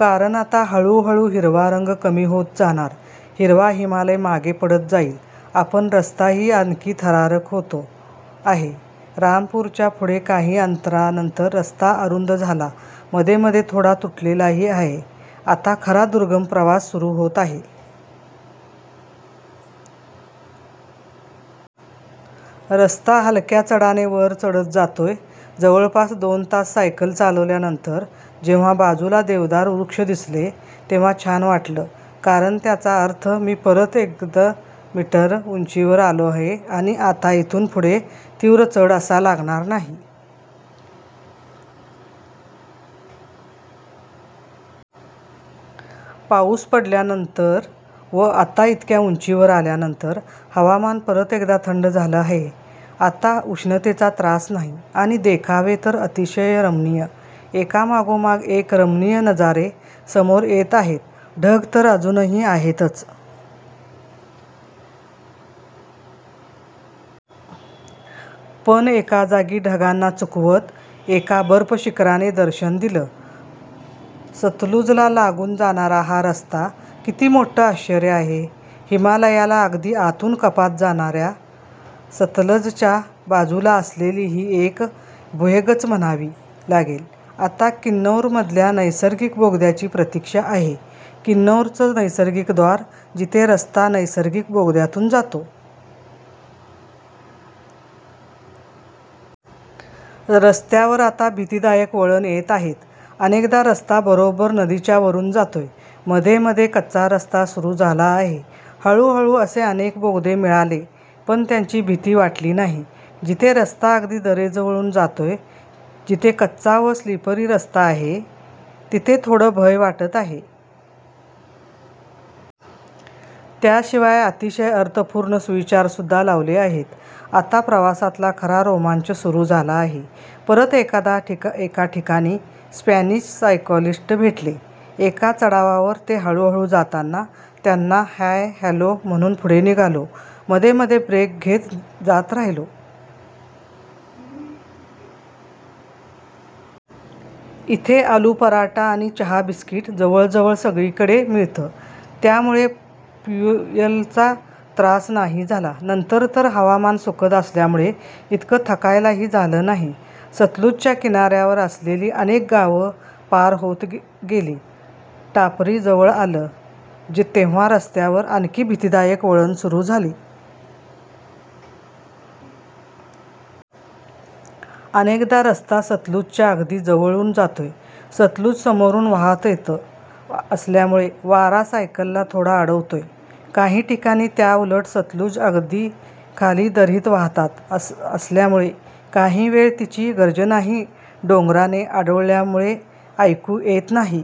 कारण आता हळूहळू हिरवा रंग कमी होत जाणार. हिरवा हिमालय मागे पडत जाईल. आता रस्ताही आणखी थरारक होतो आहे. रामपूरच्या पुढे काही अंतरानंतर रस्ता अरुंद झाला. मध्ये मध्ये थोडा तुटलेलाही आहे. आता खरा दुर्गम प्रवास सुरू होत आहे. रस्ता हलक्या चढाने वर चढत जातोय. जवळपास दोन तास सायकल चालवल्यानंतर जेव्हा बाजूला देवदार वृक्ष दिसले, तेव्हा छान वाटलं. कारण त्याचा अर्थ मी परत एकद मीटर उंचीवर आलो आहे आणि आता इथून पुढे तीव्र चढ असा लागणार नही. पाऊस पडल्यानंतर व आता इतक्या उंचीवर आल्यानंतर हवामान परत एकदा थंड झालं आहे. आता उष्णतेचा त्रास नाही. आणि देखावे तर अतिशय रमणीय. एकामागोमाग एक रमणीय नजारे समोर येत आहेत. ढग तर अजूनही आहेतच. पण एका जागी ढगांना चुकवत एका बर्फ शिखराने दर्शन दिलं. सतलुजला लागून जाणारा हा रस्ता किती मोठं आश्चर्य आहे. हिमालयाला अगदी आतून कापत जाणाऱ्या सतलजच्या बाजूला असलेली ही एक भेगच म्हणावी लागेल. आता किन्नौरमधल्या नैसर्गिक बोगद्याची प्रतीक्षा आहे, किन्नौरचं नैसर्गिक द्वार, जिथे रस्ता नैसर्गिक बोगद्यातून जातो. रस्त्यावर आता भितीदायक वळणं येत आहेत. अनेकदा रस्ता बरोबर नदीच्या वरून जातोय. मध्ये मध्ये कच्चा रस्ता सुरू झाला आहे. हळूहळू असे अनेक बोगदे मिळाले. पण त्यांची भीती नाही वाटली. जिथे रस्ता अगदी दरीजवळून जातोय, जिथे कच्चा व स्लिपरी रस्ता आहे, तिथे थोडं भय वाटत आहे. त्याशिवाय अतिशय अर्थपूर्ण सुविचारसुद्धा लावले आहेत. आता प्रवासातला खरा रोमांच सुरू झाला आहे. परत एकदा एका ठिकाणी स्पॅनिश सायकलिस्ट भेटले. एका चढावावर ते हळूहळू जाताना त्यांना हाय हॅलो म्हणून पुढे निघालो. मध्ये मध्ये ब्रेक घेत जात राहिलो. इथे आलू पराठा आणि चहा बिस्किट जवळजवळ सगळीकडे मिळतं. त्यामुळे फ्युएलचा त्रास नाही झाला. नंतर तर हवामान सुखद असल्यामुळे इतकं थकायलाही झालं नाही. सतलुजच्या किनाऱ्यावर असलेली अनेक गावं पार होत गेली. टापरी जवळ आलं, तेव्हा रस्त्यावर आणखी भीतीदायक वळणं सुरू झाली. अनेकदा रस्ता सतलुजच्या अगदी जवळून जातोय. सतलुज समोरून वाहात येत असल्यामुळे वारा सायकलला थोडा अडवतोय. काही ठिकाणी त्याउलट सतलुज अगदी खाली दरीत वाहात असल्यामुळे काही वेळ तिची गर्जनाही डोंगराने अडवल्यामुळे ऐकू येत नाही.